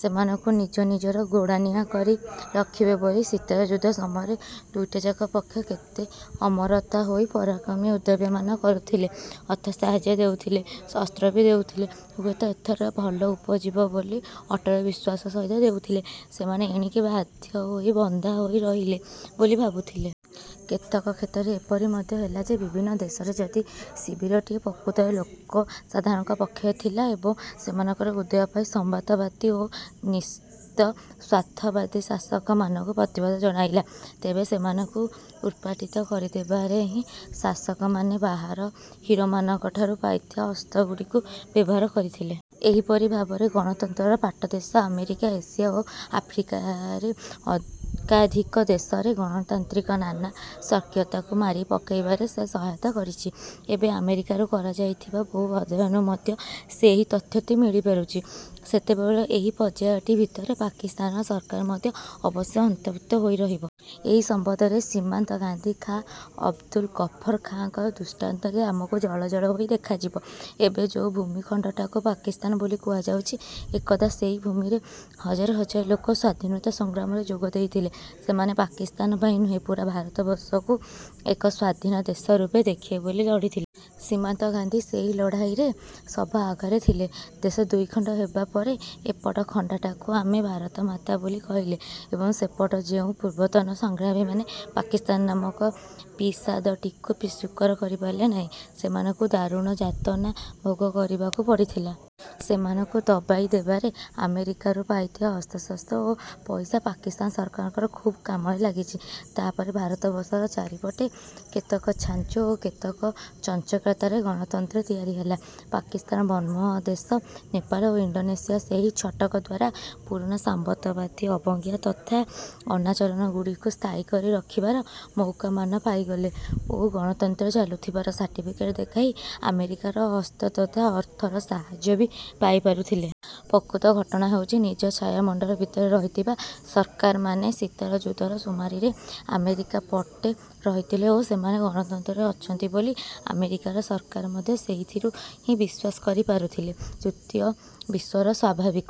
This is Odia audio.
ସେମାନଙ୍କୁ ନିଜ ନିଜର ଗୋଡ଼ାଣିଆ କରି ରଖିବେ ବୋଲି ଶୀତଳଯୁଦ୍ଧ ସମୟରେ ଦୁଇଟାଯାକ ପକ୍ଷ କେତେ ଅମରମତା ହୋଇ ପରାକ୍ରମୀ ଉଦ୍ୟମମାନ କରୁଥିଲେ ଅର୍ଥ ସାହାଯ୍ୟ ଦେଉଥଲେ, ଅସ୍ତ୍ର ବି ଦେଉଥିଲେ। ହୁଏତ ଏଥର ଭଲ ଉପୁଜିବ ବୋଲି ଅଟଳ ବିଶ୍ୱାସ ସହିତ ଦେଉଥିଲେ। ସେମାନେ ଏଣିକି ବାଧ୍ୟ ହୋଇ ବନ୍ଧା ହୋଇରହିଲେ ବୋଲି ଭାବୁଥିଲେ। କେତେକ କ୍ଷେତ୍ରରେ ଏପରି ମଧ୍ୟ ହେଲା ଯେ ବିଭିନ୍ନ ଦେଶରେ ଯଦି ଶିବିରଟିଏ ପ୍ରକୃତରେ ଲୋକସାଧାରଣଙ୍କର ପକ୍ଷରେ ଥିଲା ଏବଂ ସେମାନଙ୍କର ଉଦୟ ପାଇଁ ସାମନ୍ତବାଦୀ ଓ ନ୍ୟସ୍ତସ୍ୱାର୍ଥବାଦୀ ଶାସକମାନଙ୍କୁ ପ୍ରତିବାଦ ଜଣାଇଲା, ତେବେ ସେମାନଙ୍କୁ ଉତ୍ପାଟିତ କରିଦେବାରେ ହିଁ ଶାସକମାନେ ବାହାର ହିରୋମାନଙ୍କଠାରୁ ପାଇଥିବା ଅସ୍ତ୍ରଗୁଡ଼ିକୁ ବ୍ୟବହାର କରିଥିଲେ। ଏହିପରି ଭାବରେ ଗଣତନ୍ତ୍ରର ପାଟଦେଶ ଆମେରିକା, ଏସିଆ ଓ ଆଫ୍ରିକାରେ ଏକାଧିକ ଦେଶରେ ଗଣତାନ୍ତ୍ରିକ ନାନା ସକ୍ରିୟତାକୁ ମାରି ପକାଇବାରେ ଯେ ସହାୟତା କରିଛି, ଏବେ ଆମରିକାରୁ କରାଯାଇଥିବା ବହୁ ଅଧ୍ୟୟନରୁ ମଧ୍ୟ ସେହି ତଥ୍ୟଟି ମିଳିପାରୁଛି। ସେତେବେଳର ଏହି ପର୍ଯ୍ୟାୟଟି ଭିତରେ ପାକିସ୍ତାନର ସରକାର ମଧ୍ୟ ଅବଶ୍ୟ ଅନ୍ତର୍ଭୁକ୍ତ ହୋଇ ରହିବ। ଏହି ସମ୍ବନ୍ଧରେ ସୀମାନ୍ତ ଗାନ୍ଧୀ ଖାଁ ଅବ୍ଦୁଲ ଗଫର ଖାଁଙ୍କର ଦୃଷ୍ଟାନ୍ତଟି ଆମକୁ ଜଳଜଳ ହୋଇ ଦେଖାଯିବ। ଏବେ ଯେଉଁ ଭୂମିଖଣ୍ଡଟାକୁ ପାକିସ୍ତାନ ବୋଲି କୁହାଯାଉଛି, ଏକଦା ସେହି ଭୂମିରେ ହଜାର ହଜାର ଲୋକ ସ୍ୱାଧୀନତା ସଂଗ୍ରାମରେ ଯୋଗ ଦେଇଥିଲେ। ସେମାନେ ପାକିସ୍ତାନ ପାଇଁ ନୁହେଁ ପୂରା ଭାରତବର୍ଷକୁ ଏକ ସ୍ଵାଧୀନ ଦେଶ ରୂପେ ଦେଖିବେ ବୋଲି ଲଢ଼ିଥିଲେ। ସୀମାନ୍ତ ଗାନ୍ଧୀ ସେହି ଲଢ଼ାଇରେ ସବା ଆଗରେ ଥିଲେ। ଦେଶ ଦୁଇଖଣ୍ଡ ହେବାପରେ ଏପଟ ଖଣ୍ଡଟାକୁ ଆମେ ଭାରତମାତା ବୋଲି କହିଲେ ଏବଂ ସେପଟେ ଯେଉଁ ପୂର୍ବତନ ସଂଗ୍ରାମୀମାନେ ପାକିସ୍ତାନ ନାମକ ପିଂସାଦଟିକୁ ସ୍ୱୀକାର କରିପାରିଲେ ନାହିଁ, ସେମାନଙ୍କୁ ଦାରୁଣ ଯାତନା ଭୋଗ କରିବାକୁ ପଡ଼ିଥିଲା। ସେମାନଙ୍କୁ ଦବାଇ ଦେବାରେ ଆମେରିକାରୁ ପାଇଥିବା ଅସ୍ତ୍ରଶସ୍ତ୍ର ଓ ପଇସା ପାକିସ୍ତାନ ସରକାରଙ୍କର ଖୁବ୍ କାମରେ ଲାଗିଛି। ତା'ପରେ ଭାରତବର୍ଷର ଚାରିପଟେ କେତେ ଛାଞ୍ଚ ଓ କେତେ ଚଞ୍ଚକତାରେ ଗଣତନ୍ତ୍ର ତିଆରି ହେଲା। ପାକିସ୍ତାନ ବ୍ରହ୍ମଦେଶ, ନେପାଳ ଓ ଇଣ୍ଡୋନେସିଆ ସେହି ଛଟକ ଦ୍ଵାରା ପୁରୁଣା ସାମନ୍ତବାଦୀ ଅବଜ୍ଞା ତଥା ଅନାଚରଣ ଗୁଡ଼ିକୁ ସ୍ଥାୟୀକରି ରଖିବାର ମଉକାମାନ ପାଇଗଲେ ଓ ଗଣତନ୍ତ୍ର ଚାଲୁଥିବାର ସାର୍ଟିଫିକେଟ ଦେଖାଇ ଆମେରିକାର ଅସ୍ତ୍ର ତଥା ଅର୍ଥର ସାହାଯ୍ୟ ବି ପାଇପାରୁଥିଲେ। ପ୍ରକୃତ ଘଟଣା ହେଉଛି, ନିଜ ଛାୟାମଣ୍ଡଳ ଭିତରେ ରହିଥିବା ସରକାରମାନେ ଶୀତଳ ଯୁଦ୍ଧର ସୁମାରିରେ ଆମେରିକା ପଟେ ରହିଥିଲେ ଓ ସେମାନେ ଗଣତନ୍ତ୍ରରେ ଅଛନ୍ତି ବୋଲି ଆମେରିକାର ସରକାର ମଧ୍ୟ ସେଇଥିରୁ ହିଁ ବିଶ୍ୱାସ କରିପାରୁଥିଲେ। ତୃତୀୟ ବିଶ୍ଵର ସ୍ୱାଭାବିକ ।